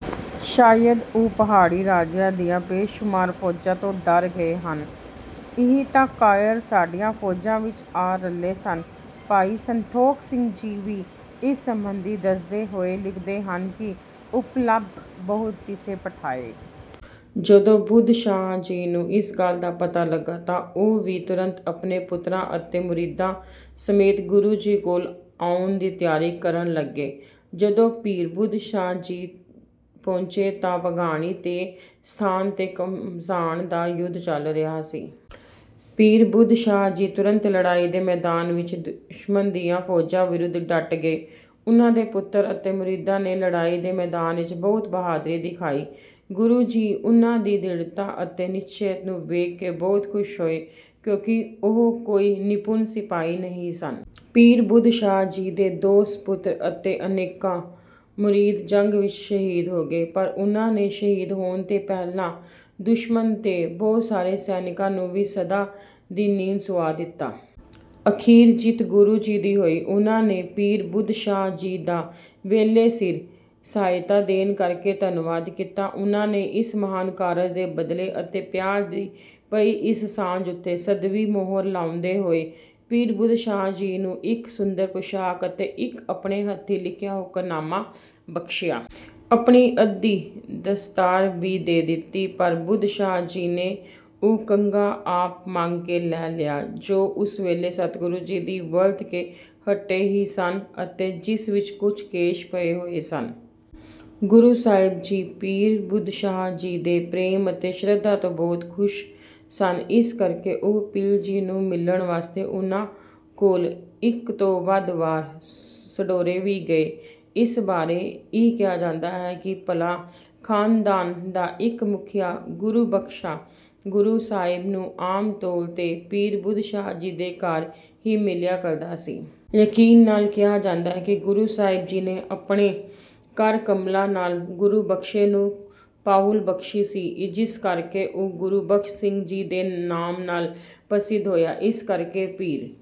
ਸ਼ਾਇਦ ਉਹ ਪਹਾੜੀ ਰਾਜਿਆਂ ਦੀਆਂ ਬੇਸ਼ੁਮਾਰ ਫੌਜ਼ਾਂ ਤੋਂ ਡਰ ਗਏ ਹਨ। ਇਹ ਤਾਂ ਕਾਇਰ ਸਾਡੀਆਂ ਫੌਜਾਂ ਵਿੱਚ ਆ ਰਲੇ ਸਨ। ਭਾਈ ਸੰਤੋਖ ਸਿੰਘ ਜੀ ਵੀ ਇਸ ਸੰਬੰਧੀ ਦੱਸਦੇ ਹੋਏ ਲਿਖਦੇ ਹਨ ਕਿ ਉਪਲੰਭ ਬਹੁ ਤਿਸੈ ਪਠਾਏ। ਜਦੋਂ ਬੁੱਧੂ ਸ਼ਾਹ ਜੀ ਨੂੰ ਇਸ ਗੱਲ ਦਾ ਪਤਾ ਲੱਗਾ ਤਾਂ ਉਹ ਵੀ ਤੁਰੰਤ ਆਪਣੇ ਪੁੱਤਰਾਂ ਅਤੇ ਮੁਰੀਦਾਂ ਸਮੇਤ ਗੁਰੂ ਜੀ ਕੋਲ ਆਉਣ ਦੀ ਤਿਆਰੀ ਕਰਨ ਲੱਗੇ। ਜਦੋਂ ਪੀਰ ਬੁੱਧੂ ਸ਼ਾਹ ਜੀ ਪਹੁੰਚੇ ਤਾਂ ਭੰਗਾਣੀ ਦੇ ਸਥਾਨ ਤੇ ਘਮਸਾਣ ਦਾ ਯੁੱਧ ਚੱਲ ਰਿਹਾ ਸੀ। ਪੀਰ ਬੁੱਧੂ ਸ਼ਾਹ ਜੀ ਤੁਰੰਤ ਲੜਾਈ ਦੇ ਮੈਦਾਨ ਵਿੱਚ ਦੁਸ਼ਮਣ ਦੀਆਂ ਫੌਜਾਂ ਵਿਰੁੱਧ ਡਟ ਗਏ। ਉਨ੍ਹਾਂ ਦੇ ਪੁੱਤਰਾਂ ਅਤੇ ਮੁਰੀਦਾਂ ਨੇ ਲੜਾਈ ਦੇ ਮੈਦਾਨ ਵਿੱਚ ਬਹੁਤ ਬਹਾਦਰੀ ਦਿਖਾਈ। ਗੁਰੂ ਜੀ ਉਨ੍ਹਾਂ ਦੀ ਦ੍ਰਿੜ੍ਹਤਾ ਅਤੇ ਨਿਸ਼ਚੇ ਨੂੰ ਵੇਖ ਕੇ ਬਹੁਤ ਖੁਸ਼ ਹੋਏ, ਕਿਉਂਕਿ ਉਹ ਕੋਈ ਨਿਪੁੰਨ ਸਿਪਾਹੀ ਨਹੀਂ ਸਨ। ਪੀਰ ਬੁੱਧ ਸ਼ਾਹ ਜੀ ਦੇ ਦੋ ਸਪੁੱਤਰ ਅਤੇ ਅਨੇਕਾਂ ਮੁਰੀਦ ਜੰਗ ਵਿੱਚ ਸ਼ਹੀਦ ਹੋ ਗਏ| ਪਰ ਉਨ੍ਹਾਂ ਨੇ ਸ਼ਹੀਦ ਹੋਣ ਤੋਂ ਪਹਿਲਾਂ ਦੁਸ਼ਮਣ ਦੇ ਬਹੁਤ ਸਾਰੇ ਸੈਨਿਕਾਂ ਨੂੰ ਵੀ ਸਦਾ ਦੀ ਨੀਂਦ ਸੁਆ ਦਿੱਤਾ। ਅਖੀਰ ਜਿੱਤ ਗੁਰੂ ਜੀ ਦੀ ਹੋਈ। ਉਨ੍ਹਾਂ ਨੇ ਪੀਰ ਬੁੱਧੂ ਸ਼ਾਹ ਜੀ ਦਾ ਵੇਲੇ ਸਿਰ ਸਹਾਇਤਾ ਦੇਣ ਕਰਕੇ ਧੰਨਵਾਦ ਕੀਤਾ। ਉਨ੍ਹਾਂ ਨੇ ਇਸ ਮਹਾਨ ਕਾਰਜ ਦੇ ਬਦਲੇ ਅਤੇ ਪਿਆਰ ਦੀ ਪਈ ਇਸ ਸਾਂਝ ਉਂਤੇ ਸਦੀਵੀ ਮੋਹਰ ਲਾਉਂਦੇ ਹੋਏ, ਪੀਰ ਬੁੱਧ ਸ਼ਾਹ ਜੀ ਨੂੰ ਇਕ ਸੁੰਦਰ ਪੁਸ਼ਾਕ ਅਤੇ ਇੱਕ ਆਪਣੇ ਹੱਥੀਂ ਲਿਖਿਆ ਹੁਕਮਨਾਮਾ ਬਖਸ਼ਿਆ। ਆਪਣੀ ਅੱਧੀ ਦਸਤਾਰ ਭੀ ਦੇ ਦਿੱਤੀ। ਪਰ ਬੁੱਧ ਸ਼ਾਹ ਜੀ ਨੇ ਉਹ ਕੰਘਾ ਆਪ ਮੰਗ ਕੇ ਲੈ ਲਿਆ, ਜੋ ਉਸ ਵੇਲੇ ਸਤਿਗੁਰੂ ਜੀ ਵਰਤ ਕੇ ਹਟੇ ਹੀ ਸਨ ਅਤੇ ਜਿਸ ਵਿੱਚ ਕੁਝ ਕੇਸ ਪਏ ਹੋਏ ਸਨ। ਗੁਰੂ ਸਾਹਿਬ ਜੀ ਪੀਰ ਬੁੱਧ ਸ਼ਾਹ ਜੀ ਦੇ ਪ੍ਰੇਮ ਅਤੇ ਸ਼ਰਧਾ ਤੋਂ ਬਹੁਤ ਖੁਸ਼ ਸਨ, ਇਸ ਕਰਕੇ ਉਹ ਪੀਰ ਜੀ ਨੂੰ ਮਿਲਣ ਵਾਸਤੇ ਉਨ੍ਹਾਂ ਕੋਲ, ਇੱਕ ਤੋਂ ਵੱਧ ਵਾਰ, ਸਢੌਰੇ ਵੀ ਗਏ। ਇਸ ਬਾਰੇ ਇਹ ਕਿਹਾ ਜਾਂਦਾ ਹੈ ਕਿ ਭੱਲਾ ਖਾਨਦਾਨ ਦਾ ਇੱਕ ਮੁਖੀਆ ਗੁਰਬਖਸ਼ਾ ਗੁਰੂ ਸਾਹਿਬ ਨੂੰ ਆਮ ਤੌਰ ਤੇ ਪੀਰ ਬੁੱਧ ਸ਼ਾਹ ਜੀ ਦੇ ਘਰ ਹੀ ਮਿਲਿਆ ਕਰਦਾ ਸੀ। ਯਕੀਨ ਨਾਲ ਕਿਹਾ ਜਾਂਦਾ ਹੈ ਕਿ ਗੁਰੂ ਸਾਹਿਬ ਜੀ ਨੇ ਆਪਣੇ ਕਰ-ਕਮਲਾਂ ਨਾਲ ਗੁਰਬਖਸ਼ੇ ਨੂੰ ਪਾਹੁਲ ਬਖਸ਼ੀ ਸੀ| ਜਿਸ ਕਰਕੇ ਉਹ ਗੁਰਬਖਸ਼ ਸਿੰਘ ਦੇ ਨਾਮ ਨਾਲ ਪ੍ਰਸਿੱਧ ਹੋਇਆ। ਇਸੇ ਕਰਕੇ ਪੀਰ